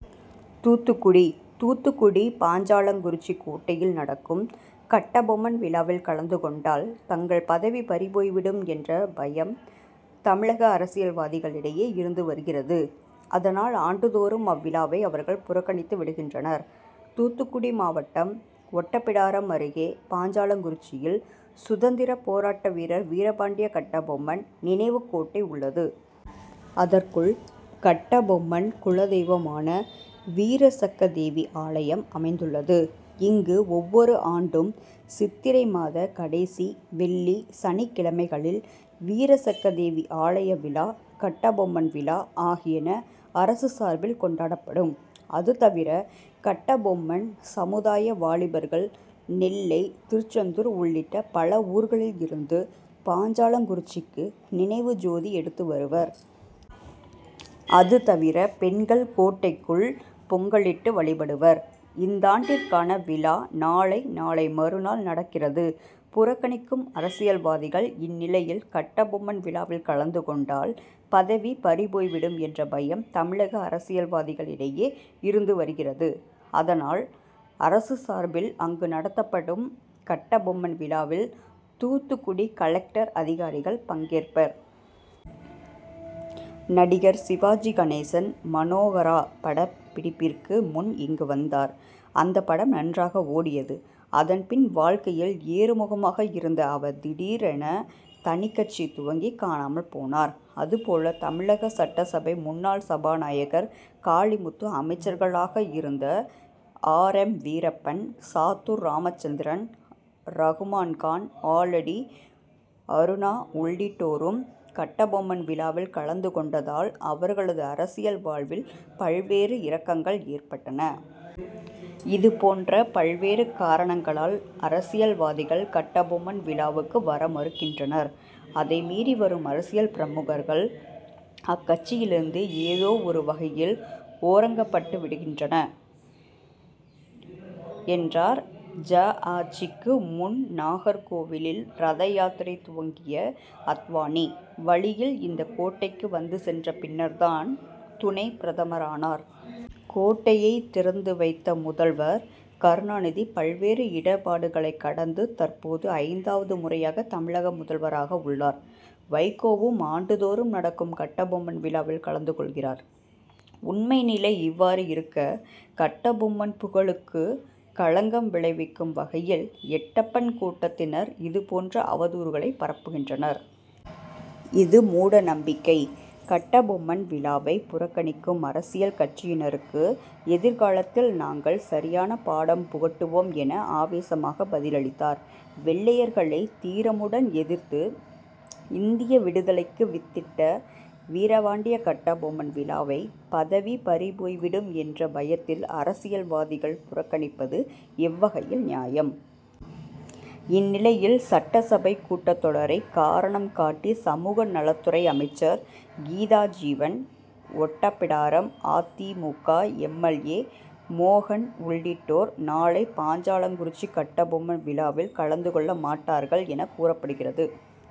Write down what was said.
தூத்துக்குடி தூத்துக்குடி பாஞ்சாலங்குறிச்சி கோட்டையில் நடக்கும் கட்டபொம்மன் விழாவில் கலந்து கொண்டால் தங்கள் பதவி பறிபோய்விடும் என்ற பயம் தமிழக அரசியல்வாதிகளிடையே இருந்து வருகிறது. அதனால் ஆண்டுதோறும் அவ்விழாவை அவர்கள் புறக்கணித்துவிடுகின்றனர். தூத்துக்குடி மாவட்டம் ஒட்டப்பிடாரம் அருகே பாஞ்சாலங்குறிச்சியில் சுதந்திர போராட்ட வீரர் வீரபாண்டிய கட்டபொம்மன் நினைவுக்கோட்டை உள்ளது. அதற்குள் கட்டபொம்மன் குலதெய்வமான வீரசக்கதேவி ஆலயம் அமைந்துள்ளது. இங்கு ஒவ்வொரு ஆண்டும் சித்திரை மாத கடைசி வெள்ளி சனிக்கிழமைகளில் வீரசக்கதேவி ஆலய விழா கட்டபொம்மன் விழா ஆகியன அரசு சார்பில் கொண்டாடப்படும். அதுதவிர கட்டபொம்மன் சமுதாய வாலிபர்கள் நெல்லை திருச்செந்தூர் உள்ளிட்ட பல ஊர்களில் இருந்து பாஞ்சாலங்குறிச்சிக்கு நினைவு ஜோதி எடுத்துவருவர். அதுதவிர பெண்கள் கோட்டைக்குள் பொங்கலிட்டு வழிபடுவர். இந்தாண்டிற்கான விழா நாளை நாளை மறுநாள் நடக்கிறது. புறக்கணிக்கும் அரசியல்வாதிகள் இந்நிலையில் கட்டபொம்மன் விழாவில் கலந்துகொண்டால் பதவி பறிபோய்விடும் என்ற பயம் தமிழக அரசியல்வாதிகளிடையே இருந்துவருகிறது. அதனால் அரசு சார்பில் அங்கு நடத்தப்படும் கட்டபொம்மன் விழாவில் தூத்துக்குடி கலெக்டர் அதிகாரிகள் பங்கேற்பர். நடிகர் சிவாஜி கணேசன் மனோகரா படப்பிடிப்பிற்கு முன் இங்கு வந்தார். அந்த படம் நன்றாக ஓடியது. அதன்பின் வாழக்கையில் ஏறுமுகமாக இருந்த அவர் திடீரென தனிக்கட்சி துவங்கி காணாமல் போனார். அதுபோல தமிழக சட்டசபை முன்னாள் சபாநாயகர் காளிமுத்து அமைச்சர்களாக இருந்த ஆர். எம். வீரப்பன் சாத்தூர் ராமச்சந்திரன் ரகுமான்கான் ஆலடி அருணா உள்ளிட்டோரும் கட்டபொம்மன் விழாவில் கலந்துகொண்டதால் அவர்களது அரசியல் வாழ்வில் பல்வேறு இறக்கங்கள் ஏற்பட்டன. இதுபோன்ற பல்வேறு காரணங்களால் அரசியல்வாதிகள் கட்டபொம்மன் விழாவுக்கு வரமறுக்கின்றனர். அதைமீறி வரும் அரசியல் பிரமுகர்கள் அக்கட்சியிலிருந்து ஏதோ ஒரு வகையில் ஓரங்கப்பட்டுவிடுகின்றனர் என்றார். ஜ. ஆட்சிக்கு முன் நாகர்கோவிலில் ரதயாத்திரை துவங்கிய அத்வானி வழியில் இந்த கோட்டைக்கு வந்து சென்ற பின்னர் தான் துணை பிரதமரானார். கோட்டையை திறந்துவைத்த முதல்வர் கருணாநிதி பல்வேறு இடர்பாடுகளை கடந்து தற்போது ஐந்தாவது முறையாக தமிழக முதல்வராக உள்ளார். வைகோவும் ஆண்டுதோறும் நடக்கும் கட்டபொம்மன் விழாவில் கலந்து கொள்கிறார். உண்மை நிலை இவ்வாறு இருக்க கட்டபொம்மன் புகழுக்கு களங்கம் விளைவிக்கும் வகையில் எட்டப்பன் கூட்டத்தினர் இதுபோன்ற அவதூறுகளை பரப்புகின்றனர். இது மூட நம்பிக்கை. கட்டபொம்மன் விழாவை புறக்கணிக்கும் அரசியல் கட்சியினருக்கு எதிர்காலத்தில் நாங்கள் சரியான பாடம் புகட்டுவோம் என ஆவேசமாக பதிலளித்தார். வெள்ளையர்களை தீரமுடன் எதிர்த்து இந்திய விடுதலைக்கு வித்திட்ட வீரபாண்டிய கட்டபொம்மன் விழாவை பதவி பறிபோய்விடும் என்ற பயத்தில் அரசியல்வாதிகள் புறக்கணிப்பது எவ்வகையில் நியாயம். இந்நிலையில் சட்டசபை கூட்டத்தொடரை காரணம் காட்டி சமூகநலத்துறை அமைச்சர் கீதாஜீவன் ஒட்டப்பிடாரம் அ. தி. மு. க. எம். எல். ஏ. மோகன் உள்ளிட்டோர் நாளை பாஞ்சாலங்குறிச்சி கட்டபொம்மன் விழாவில் கலந்துகொள்ளமாட்டார்கள் என கூறப்படுகிறது.